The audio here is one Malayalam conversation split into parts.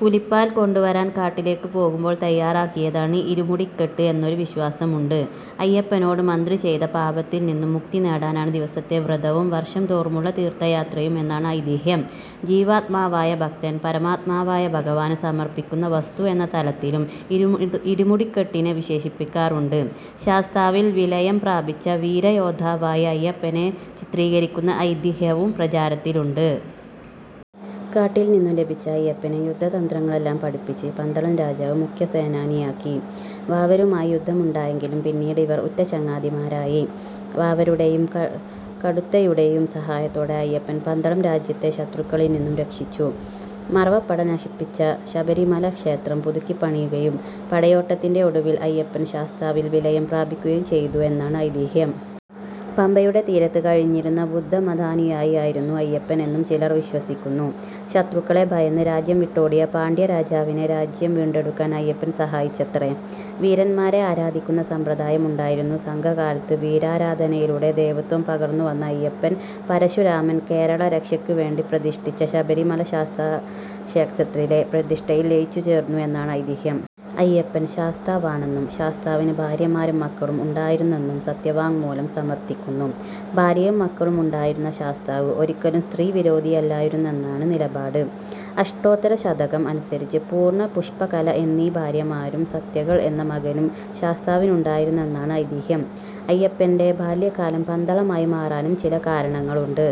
പുലിപ്പാൽ കൊണ്ടുവരാൻ കാട്ടിലേക്ക് പോകുമ്പോൾ തയ്യാറാക്കിയതാണ് "ഇരുമുടിക്കെട്ട്" എന്നൊരു വിശ്വാസമുണ്ട്. അയ്യപ്പനോട് മന്ത്രി ചെയ്ത പാപത്തിൽ നിന്നും മുക്തി നേടാനാണ് ദിവസത്തെ വ്രതവും വർഷംതോറുമുള്ള തീർത്ഥയാത്രയും എന്നാണ് ഐതിഹ്യം. ജീവാത്മാവായ ഭക്തൻ പരമാത്മാവായ ഭഗവാന് സമർപ്പിക്കുന്ന വസ്തു എന്ന തലത്തിലും ഇരുമുടികെട്ടിനെ വിശേഷിപ്പിക്കാറുണ്ട്. ശാസ്താവിൽ വിലയം പ്രാപിച്ച വീരയോദ്ധാവായി അയ്യപ്പനെ ചിത്രീകരിക്കുന്ന ഐതിഹ്യവും പ്രചാരത്തിലുണ്ട്. കാട്ടിൽ നിന്നും ലഭിച്ച അയ്യപ്പനെ യുദ്ധതന്ത്രങ്ങളെല്ലാം പഠിപ്പിച്ച് പന്തളം രാജാവ് മുഖ്യസേനാനിയാക്കി. വാവരുമായി യുദ്ധമുണ്ടായെങ്കിലും പിന്നീട് ഇവർ ഉറ്റ ചങ്ങാതിമാരായി. വാവരുടെയും കടുത്തയുടെയും സഹായത്തോടെ അയ്യപ്പൻ പന്തളം രാജ്യത്തെ ശത്രുക്കളിൽ നിന്നും രക്ഷിച്ചു. മറവപ്പട നശിപ്പിച്ച ശബരിമല ക്ഷേത്രം പുതുക്കി പണിയുകയും പടയോട്ടത്തിന്റെ ഒടുവിൽ അയ്യപ്പൻ ശാസ്താവിൽ വിലയം പ്രാപിക്കുകയും ചെയ്തു എന്നാണ് ഐതിഹ്യം. പമ്പയുടെ തീരത്ത് കഴിഞ്ഞിരുന്ന ബുദ്ധമതാനുയായി ആയിരുന്നു അയ്യപ്പൻ എന്നും ചിലർ വിശ്വസിക്കുന്നു. ശത്രുക്കളെ ഭയന്ന് രാജ്യം വിട്ടോടിയ പാണ്ഡ്യരാജാവിനെ രാജ്യം വീണ്ടെടുക്കാൻ അയ്യപ്പൻ സഹായിച്ചത്രെ. വീരന്മാരെ ആരാധിക്കുന്ന സമ്പ്രദായം ഉണ്ടായിരുന്നു സംഘകാലത്ത് വീരാരാധനയിലൂടെ ദേവത്വം പകർന്നു വന്ന അയ്യപ്പൻ, പരശുരാമൻ കേരള രക്ഷയ്ക്കുവേണ്ടിപ്രതിഷ്ഠിച്ച ശബരിമല ശാസ്താക്ഷേത്രത്തിലെ പ്രതിഷ്ഠയിൽ ലയിച്ചു ചേർന്നു എന്നാണ് ഐതിഹ്യം. അയ്യപ്പൻ ശാസ്താവാണെന്നും ശാസ്താവിന് ഭാര്യമാരും മക്കളും ഉണ്ടായിരുന്നെന്നും സത്യവാങ്മൂലം സമർത്ഥിക്കുന്നു. ഭാര്യയും മക്കളുമുണ്ടായിരുന്ന ശാസ്താവ് ഒരിക്കലും സ്ത്രീ വിരോധിയായിരുന്നില്ലെന്നാണ് നിലപാട്. അഷ്ടോത്തര ശതകം അനുസരിച്ച് പൂർണ്ണ, പുഷ്കല എന്നീ ഭാര്യമാരും സത്യകൻ എന്ന മകനും ശാസ്താവിനുണ്ടായിരുന്നെന്നാണ് ഐതിഹ്യം. അയ്യപ്പന്റെ ബാല്യകാലം പന്തളമായി മാറാനും ചില കാരണങ്ങളുണ്ട്.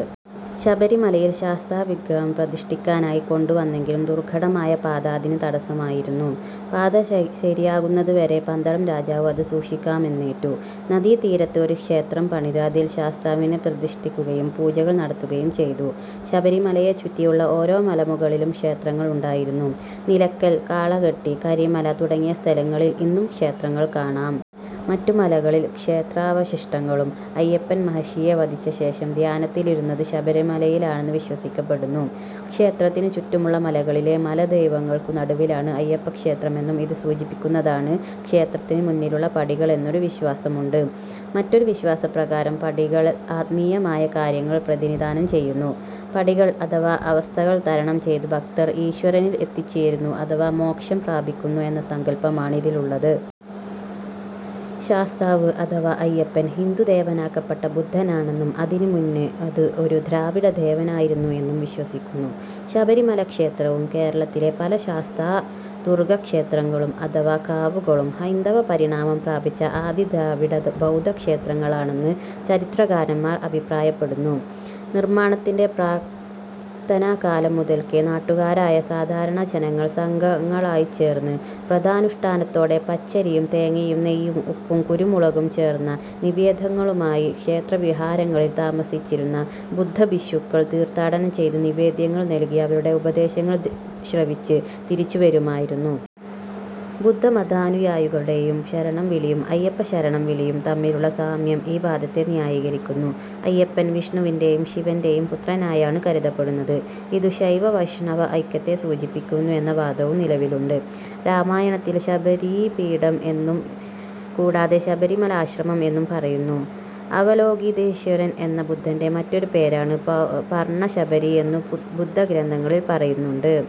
ശബരിമലയിൽ ശാസ്താവിഗ്രഹം പ്രതിഷ്ഠിക്കാനായി കൊണ്ടു വന്നെങ്കിലും ദുർഘടമായ പാത അതിന് തടസമായിരുന്നു. പാത ശരിയാകുന്നതുവരെ പന്തളം രാജാവ് അത് സൂക്ഷിക്കാമെന്നേറ്റു. നദീതീരത്ത് ഒരു ക്ഷേത്രം പണിത് അതിൽ ശാസ്താവിനെ പ്രതിഷ്ഠിക്കുകയും പൂജകൾ നടത്തുകയും ചെയ്തു. ശബരിമലയെ ചുറ്റിയുള്ള ഓരോ മലമുകളിലും ക്ഷേത്രങ്ങൾ ഉണ്ടായിരുന്നു. നിലക്കൽ, കാളകെട്ടി, കരിമല തുടങ്ങിയ സ്ഥലങ്ങളിൽ ഇന്നും ക്ഷേത്രങ്ങൾ കാണാം. മറ്റ് മലകളിൽ ക്ഷേത്രാവശിഷ്ടങ്ങളും. അയ്യപ്പൻ മഹിഷിയെ വധിച്ച ശേഷം ധ്യാനത്തിലിരുന്നത് ശബരിമലയിലാണെന്ന് വിശ്വസിക്കപ്പെടുന്നു. ക്ഷേത്രത്തിനു ചുറ്റുമുള്ള മലകളിലെ മലദൈവങ്ങൾക്കു നടുവിലാണ് അയ്യപ്പക്ഷേത്രമെന്നും ഇത് സൂചിപ്പിക്കുന്നതാണ് ക്ഷേത്രത്തിന് മുന്നിലുള്ള പടികൾ എന്നൊരു വിശ്വാസമുണ്ട്. മറ്റൊരു വിശ്വാസപ്രകാരം പടികൾ ആത്മീയമായ കാര്യങ്ങളെ പ്രതിനിധാനം ചെയ്യുന്നു. പടികൾ അഥവാ അവസ്ഥകൾ തരണം ചെയ്തു ഭക്തർ ഈശ്വരനിൽ എത്തിച്ചേരുന്നു അഥവാ മോക്ഷം പ്രാപിക്കുന്നു എന്ന സങ്കൽപ്പമാണ് ഇതിൽ ഉള്ളത്. ശാസ്താവ് അഥവാ അയ്യപ്പൻ ഹിന്ദു ദേവനാക്കപ്പെട്ട ബുദ്ധനാണെന്നും, അതിനു മുന്ന് അത് ഒരു ദ്രാവിഡ ദേവനായിരുന്നു എന്നും വിശ്വസിക്കുന്നു. ശബരിമല ക്ഷേത്രവും കേരളത്തിലെ പല ശാസ്താ-ദുർഗ്ഗക്ഷേത്രങ്ങളും, അഥവാ കാവുകളും ഹൈന്ദവപരിണാമം പ്രാപിച്ച ആദി ദ്രാവിഡ-ബൗദ്ധ ക്ഷേത്രങ്ങളാണെന്ന് ചരിത്രകാരന്മാർ അഭിപ്രായപ്പെടുന്നു നിർമ്മാണത്തിന്റെ പ്രാക്തനകാലം മുതൽക്കേ നാട്ടുകാരായ സാധാരണ ജനങ്ങൾ സംഘങ്ങളായിച്ചേർന്ന് വ്രതാനുഷ്ഠാനത്തോടെ പച്ചരിയും തേങ്ങയും നെയ്യും ഉപ്പും കുരുമുളകും ചേർന്ന നിവേദ്യങ്ങളുമായി ക്ഷേത്രവിഹാരങ്ങളിൽ താമസിച്ചിരുന്ന ബുദ്ധഭിക്ഷുക്കൾ തീർത്ഥാടനം ചെയ്ത് നിവേദ്യങ്ങൾ നൽകി അവരുടെ ഉപദേശങ്ങൾ ശ്രവിച്ച് തിരിച്ചുവരുമായിരുന്നു. ബുദ്ധമതാനുയായികളുടെയും ശരണം വിളിയും അയ്യപ്പ ശരണം വിളിയും തമ്മിലുള്ള സാമ്യം ഈ വാദത്തെ ന്യായീകരിക്കുന്നു. അയ്യപ്പൻ വിഷ്ണുവിന്റേയും ശിവന്റേയും പുത്രനായാണു കരുതപ്പെടുന്നത്. ഇതു ശൈവ-വൈഷ്ണവ ഐക്യത്തെ സൂചിപ്പിക്കുന്നു എന്ന വാദവും നിലവിലുണ്ട്. രാമായണത്തിൽ ശബരിപീഠം എന്നും കൂടാതെ ശബരി മലആശ്രമം എന്നും പറയുന്നു. അവലോകിതേശ്വരൻ എന്ന ബുദ്ധന്റെ മറ്റൊരു പേരാണു പർണ്ണശബരി എന്നു ബുദ്ധഗ്രന്ഥങ്ങളിൽ പറയുന്നുണ്ട്.